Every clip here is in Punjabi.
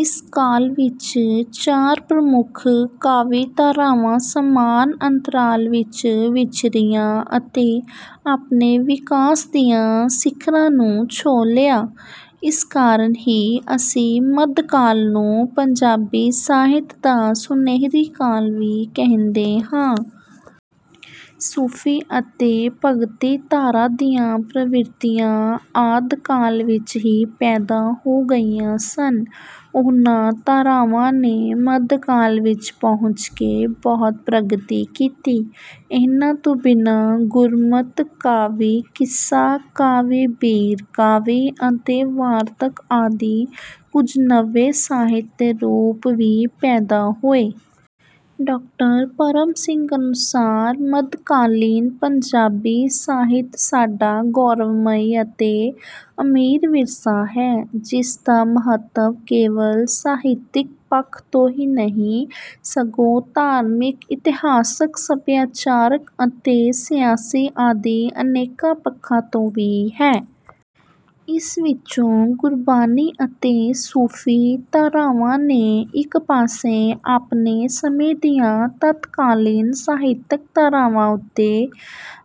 ਇਸ ਕਾਲ ਵਿੱਚ ਚਾਰ ਪ੍ਰਮੁੱਖ ਕਾਵਿ ਧਾਰਾਵਾਂ ਸਮਾਨ ਅੰਤਰਾਲ ਵਿੱਚ ਵਿਚਰੀਆਂ ਅਤੇ ਆਪਣੇ ਵਿਕਾਸ ਦੀਆਂ ਸਿਖਰਾਂ ਨੂੰ ਛੋਹ ਲਿਆ। ਇਸ ਕਾਰਨ ਹੀ ਅਸੀਂ ਮੱਧ ਕਾਲ ਨੂੰ ਪੰਜਾਬੀ ਸਾਹਿਤ ਦਾ ਸੁਨਹਿਰੀ ਕਾਲ ਵੀ ਕਹਿੰਦੇ ਹਾਂ। ਸੂਫੀ ਅਤੇ ਭਗਤੀ ਧਾਰਾ ਦੀਆਂ ਪ੍ਰਵਿਰਤੀਆਂ ਆਦਿ ਕਾਲ ਵਿੱਚ ਹੀ ਪੈਦਾ ਹੋ ਗਈਆਂ ਸਨ। ਉਹਨਾਂ ਧਾਰਾਵਾਂ ਨੇ ਮੱਧਕਾਲ ਵਿੱਚ ਪਹੁੰਚ ਕੇ ਬਹੁਤ ਪ੍ਰਗਤੀ ਕੀਤੀ। ਇਹਨਾਂ ਤੋਂ ਬਿਨਾਂ ਗੁਰਮਤਿ ਕਾਵਿ ਕਿੱਸਾ ਕਾਵਿ ਬੀਰ ਕਾਵਿ ਅਤੇ ਵਾਰਤਕ ਆਦਿ ਕੁਝ ਨਵੇਂ ਸਾਹਿਤ ਦੇ ਰੂਪ ਵੀ ਪੈਦਾ ਹੋਏ। ਡਾਕਟਰ ਪਰਮ ਸਿੰਘ ਅਨੁਸਾਰ ਮੱਧਕਾਲੀਨ ਪੰਜਾਬੀ ਸਾਹਿਤ ਸਾਡਾ ਗੌਰਵਮਈ ਅਤੇ ਅਮੀਰ ਵਿਰਸਾ ਹੈ। ਜਿਸ ਦਾ ਮਹੱਤਵ ਕੇਵਲ ਸਾਹਿਤਿਕ ਪੱਖ ਤੋਂ ਹੀ ਨਹੀਂ ਸਗੋਂ ਧਾਰਮਿਕ ਇਤਿਹਾਸਕ ਸੱਭਿਆਚਾਰਕ ਅਤੇ ਸਿਆਸੀ ਆਦਿ ਅਨੇਕਾਂ ਪੱਖਾਂ ਤੋਂ ਵੀ ਹੈ। ਇਸ ਵਿੱਚੋਂ ਗੁਰਬਾਣੀ ਅਤੇ ਸੂਫੀ ਧਾਰਾਵਾਂ ਨੇ ਇੱਕ ਪਾਸੇ ਆਪਣੇ ਸਮੇਂ ਦੀਆਂ ਤਤਕਾਲੀਨ ਸਾਹਿਤਿਕ ਧਾਰਾਵਾਂ ਉੱਤੇ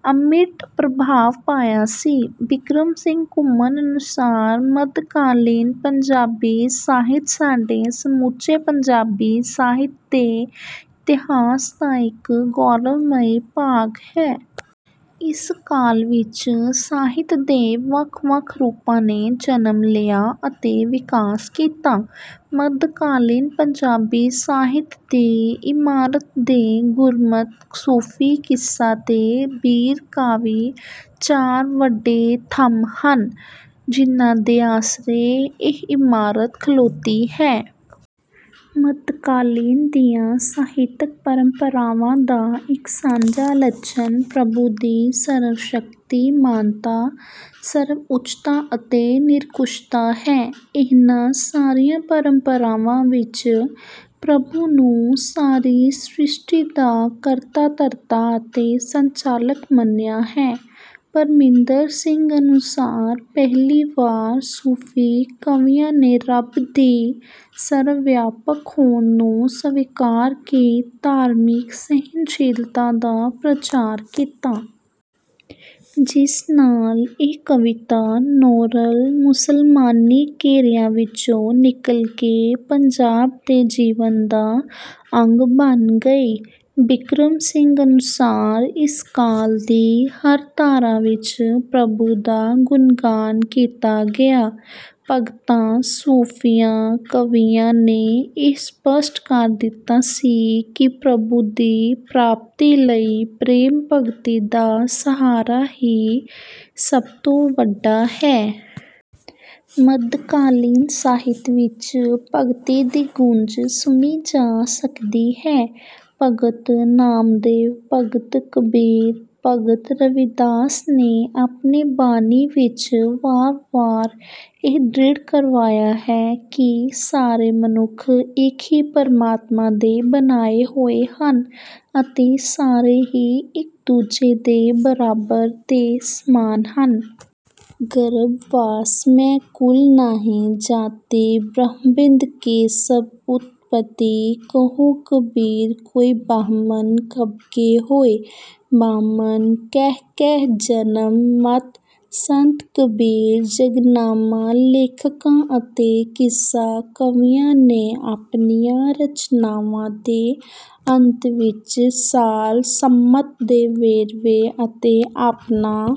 ਅਮਿੱਟ ਪ੍ਰਭਾਵ ਪਾਇਆ ਸੀ। ਬਿਕਰਮ ਸਿੰਘ ਘੁਮਣ ਅਨੁਸਾਰ ਮੱਧਕਾਲੀਨ ਪੰਜਾਬੀ ਸਾਹਿਤ ਸਾਡੇ ਸਮੁੱਚੇ ਪੰਜਾਬੀ ਸਾਹਿਤ ਦੇ ਇਤਿਹਾਸ ਦਾ ਇੱਕ ਗੌਰਵਮਈ ਭਾਗ ਹੈ। ਇਸ ਕਾਲ ਵਿੱਚ ਸਾਹਿਤ ਦੇ ਵੱਖ ਵੱਖ ਰੂਪਾਂ ਨੇ ਜਨਮ ਲਿਆ ਅਤੇ ਵਿਕਾਸ ਕੀਤਾ। ਮੱਧਕਾਲੀਨ ਪੰਜਾਬੀ ਸਾਹਿਤ ਦੀ ਇਮਾਰਤ ਦੇ ਗੁਰਮਤਿ ਸੂਫੀ ਕਿੱਸਾ ਤੇ ਬੀਰ ਕਾਵਿ ਚਾਰ ਵੱਡੇ ਥੰਮ ਹਨ ਜਿਨ੍ਹਾਂ ਦੇ ਆਸਰੇ ਇਹ ਇਮਾਰਤ ਖਲੋਤੀ ਹੈ। ਮੱਧਕਾਲੀਨ ਦੀਆਂ ਸਾਹਿਤਕ ਪਰੰਪਰਾਵਾਂ ਦਾ ਇੱਕ ਸਾਂਝਾ ਲੱਛਣ ਪ੍ਰਭੂ ਦੀ ਸਰਵਸ਼ਕਤੀ ਮਾਨਤਾ ਸਰਵਉੱਚਤਾ ਅਤੇ ਨਿਰੰਕੁਸ਼ਤਾ ਹੈ। ਇਹਨਾਂ ਸਾਰੀਆਂ ਪਰੰਪਰਾਵਾਂ ਵਿੱਚ ਪ੍ਰਭੂ ਨੂੰ ਸਾਰੀ ਸ੍ਰਿਸ਼ਟੀ ਦਾ ਕਰਤਾ ਧਰਤਾ ਅਤੇ ਸੰਚਾਲਕ ਮੰਨਿਆ ਹੈ। ਪਰਮਿੰਦਰ ਸਿੰਘ ਅਨੁਸਾਰ ਪਹਿਲੀ ਵਾਰ ਸੂਫੀ ਕਵੀਆਂ ਨੇ ਰੱਬ ਦੀ ਸਰਵ ਵਿਆਪਕ ਹੋਂਦ ਨੂੰ ਸਵੀਕਾਰ ਕੇ ਧਾਰਮਿਕ ਸਹਿਣਸ਼ੀਲਤਾ ਦਾ ਪ੍ਰਚਾਰ ਕੀਤਾ। ਜਿਸ ਨਾਲ ਇਹ ਕਵਿਤਾ ਨੋਰਲ ਮੁਸਲਮਾਨੀ ਘੇਰਿਆਂ ਵਿੱਚੋਂ ਨਿਕਲ ਕੇ ਪੰਜਾਬ ਦੇ ਜੀਵਨ ਦਾ ਅੰਗ ਬਣ ਗਈ। ਬਿਕਰਮ ਸਿੰਘ ਅਨੁਸਾਰ ਇਸ ਕਾਲ ਦੀ ਹਰ ਧਾਰਾ ਵਿੱਚ ਪ੍ਰਭੂ ਦਾ ਗੁਣਗਾਨ ਕੀਤਾ ਗਿਆ। ਭਗਤਾਂ ਸੂਫੀਆਂ ਕਵੀਆਂ ਨੇ ਇਹ ਸਪੱਸ਼ਟ ਕਰ ਦਿੱਤਾ ਸੀ ਕਿ ਪ੍ਰਭੂ ਦੀ ਪ੍ਰਾਪਤੀ ਲਈ ਪ੍ਰੇਮ ਭਗਤੀ ਦਾ ਸਹਾਰਾ ਹੀ ਸਭ ਤੋਂ ਵੱਡਾ ਹੈ। ਮੱਧਕਾਲੀਨ ਸਾਹਿਤ ਵਿੱਚ ਭਗਤੀ ਦੀ ਗੂੰਜ ਸੁਣੀ ਜਾ ਸਕਦੀ ਹੈ। ਭਗਤ ਨਾਮਦੇਵ ਭਗਤ ਕਬੀਰ ਭਗਤ ਰਵਿਦਾਸ ਨੇ ਆਪਣੀ ਬਾਣੀ ਵਿੱਚ ਵਾਰ ਵਾਰ ਇਹ ਦ੍ਰਿੜ੍ਹ ਕਰਵਾਇਆ ਹੈ ਕਿ ਸਾਰੇ ਮਨੁੱਖ ਇੱਕ ਹੀ ਪ੍ਰਮਾਤਮਾ ਦੇ ਬਣਾਏ ਹੋਏ ਹਨ ਅਤੇ ਸਾਰੇ ਹੀ ਇੱਕ ਦੂਜੇ ਦੇ ਬਰਾਬਰ ਤੇ ਸਮਾਨ ਹਨ। ਗਰਭ ਵਾਸ ਮੈਂ ਕੁਲ ਨਾਹੀਂ ਜਾਤੀ ਬ੍ਰਹਮ ਬਿੰਦ ਕੇ ਸਭ ਉਤਪਤੀ ਕਹੁ ਕਬੀਰ ਕੋਈ ਬਾਹਮਨ ਕਬ ਕੇ ਹੋਏ। ਬਾਮਨ ਕਹਿ ਕਹਿ ਜਨਮ ਮਤ ਸੰਤ ਕਬੀਰ ਜੰਗਨਾਮਾ ਲੇਖਕਾਂ ਅਤੇ ਕਿੱਸਾ ਕਵੀਆਂ ਨੇ ਆਪਣੀਆਂ ਰਚਨਾਵਾਂ ਦੇ ਅੰਤ ਵਿੱਚ ਸਾਲ ਸੰਮਤ ਦੇ ਵੇਰਵੇ ਅਤੇ ਆਪਣਾ